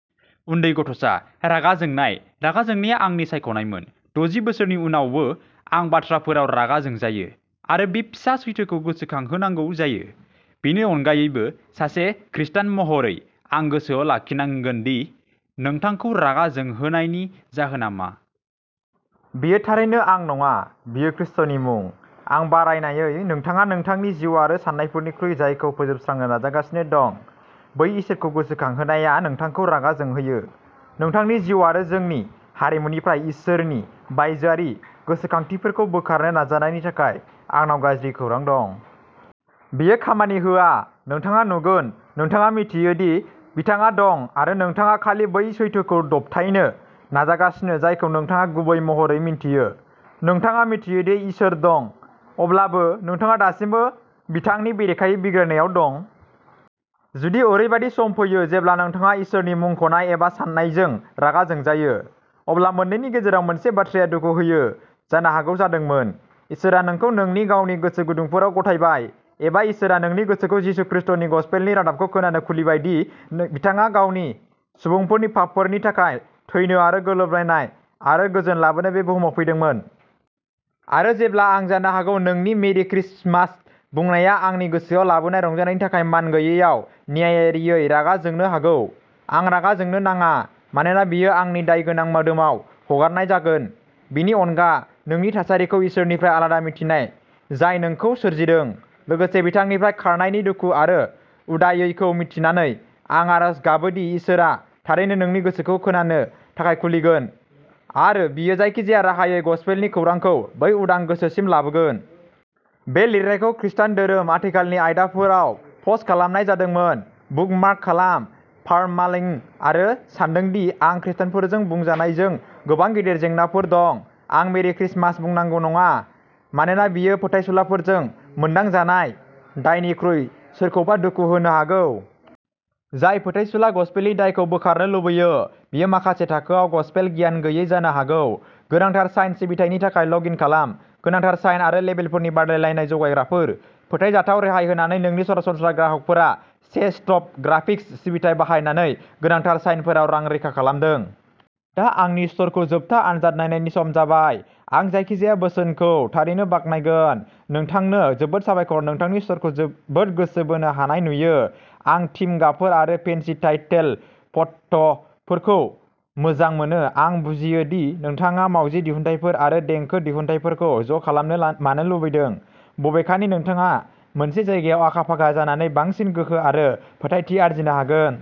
उन्दै गथ'सा, रागा जोंनाय रागा जोंनाया आंनि सायख'नायमोन। दजि बोसोरनि उनावबो आं बाथ्राफोराव रागा जोंजायो आरो बे फिसा सैथोखौ गोसोखांहोनांगौ जायो। बेनि अनगायैबो, सासे खृस्टान महरै, आं गोसोआव लाखिनांगोन दि नोंथांखौ' रागा जोंहोनाय'नि जाहोनआ मा। बेयो थारैनो आं नङा, बेयो खृस्टनि मुं, आरो बारायनायै, नोंथाङा नोंथांनि जिउ आरो साननायफोरनिफ्राय जायखौ फोजोबस्रांनो नाजागासिनो दं, बै इसोरखौ गोसोखांहोनाया नोंथांखौ रागा जोंहोयो। नोंथांनि जिउ आरो जोंनि हारिमुनिफ्राय इसोरनि बायजोआरि गोसोखांथिफोरखौ बोखारनो नाजानायनि थाखाय आंनाव गाज्रि खौरां दं। बेयो खामानि होआ। नोंथाङा नुगोन, नोंथाङा मिन्थियो दि बिथाङा दं आरो नोंथाङा खालि बै सैथोखौ दबथायनो नाजागासिनो जायखौ नोंथाङा गुबै महरै मिन्थियो। नोंथाङा मिन्थियोदि इसोर दं, अब्लाबो नोंथाङा दासिमबो बिथांनि बेरेखायै बिग्रायनायाव दं। जुदि ओरैबायदि सम फैयो जेब्ला नोंथाङा इसोरनि मुंख'नाय एबा साननायजों रागा जोंजाया, अब्ला मोननैनि गेजेराव मोनसे बाथ्राया दुखु होयो। जानो हागौ जादोंमोन। इसोरआ नोंखौ नोंनि गावनि गोसो गुदुंफोराव गथायबाय एबा इसोरआ नोंनि गोसोखौ जिसु खृष्टनि गसपेलनि रादाबखौ खोनानो खुलिबाय दि बिथाङा गावनि सुबुंफोरनि पापफोरनि थाखाय थैनो आरो गोरोबलायनाय आरो गोजोन लाबोनो बे बुहुमाव फैदोंमोन। आरो जेब्ला आं जानो हागौ नोंनि मेरि क्रिसमास बुंनाया आंनि गोसोआव लाबोनाय रंजानायनि थाखाय मान गैयैआव न्यायारियै रागा जोंनो हागौ, आं रागा जोंनो नाङा, मानोना बेयो आंनि दायगोनां मोदोमाव हगारनाय जागोन। बेनि अनगा, नोंनि थासारिखौ इसोरनिफ्राय आलादा मिन्थिनाय जाय नोंखौ सोरजिदों, लोगोसे बिथांनिफ्राय खारनायनि दुखु आरो उदायैखौ मिन्थिनानै, आं आरज गाबोदि इसोरआ थारैनो नोंनि गोसोखौ खोनानो थाखाय खुलिगोन, आरो बियो जायखिजाया राहायै गसपेलनि खौरांखौ बै उदां गोसोसिम लाबोगोन। बे लिरनायखौ खृस्टान धोरोम, आथिखालनि आयदाफोराव पस्ट खालामनाय जादोंमोन। बुकमार्क खालाम। पार्मालिंक आं सान्दों दि आं खृष्टानफोरजों बुंजानायजों गोबां गिदिर जेंनाफोर दं, आं मेरि क्रिसमास बुंनांगौ नङा, मानोना बेयो फोथायसुलाफोरजों मोनदां जानाय' दायनिख्रुइ सोरखौबा दुखु होनो हागौ। जाय फोथायसुला गसपेलनि दायखौ बोखारनो लुबैयो, बियो माखासे थाखोआव गसपेल गियान गैयै जानो हागौ। गोनांथार साइन सिबिथायनि थाखाय लग इन खालाम। गोनांथार साइन आरो लेबेलफोरनि बादायलायनाय जगायग्राफोर। फोथायजाथाव रेहाय होनानै जोंनि सरासनस्रा ग्राहकफोरा से स्टप ग्राफिक्स सिबिथाइ बाहायनानै गोनांथार साइनफोराव रां रैखा खालामदों। दा आंनि स्ट'रखौ जोबथा आनजाद नायनायनि सम जाबाय। आं जायखिजाया बोसोनखौ थारैनो बाख्नायगोन। नोंथांनो जोबोद साबायखर नोंथांनि स्ट'रखौ जोबोद गोसो बोनो हानाय नुयो। आं थीम गाबफोर आरो फेन्सि टाइटेल फन्टफोरखौ मोजां मोनो। आं बुजियो दि नोंथाङा मावजि दिहुनथायफोर आरो देंखो दिहुनथायफोरखौ ज'खालामनो मानो लुबैदों, बबेखानि नोंथाङा मोनसे जायगायाव आखा-फाखा जानानै बांसिन गोहो आरो फोथायथि आरजिनो हागोन।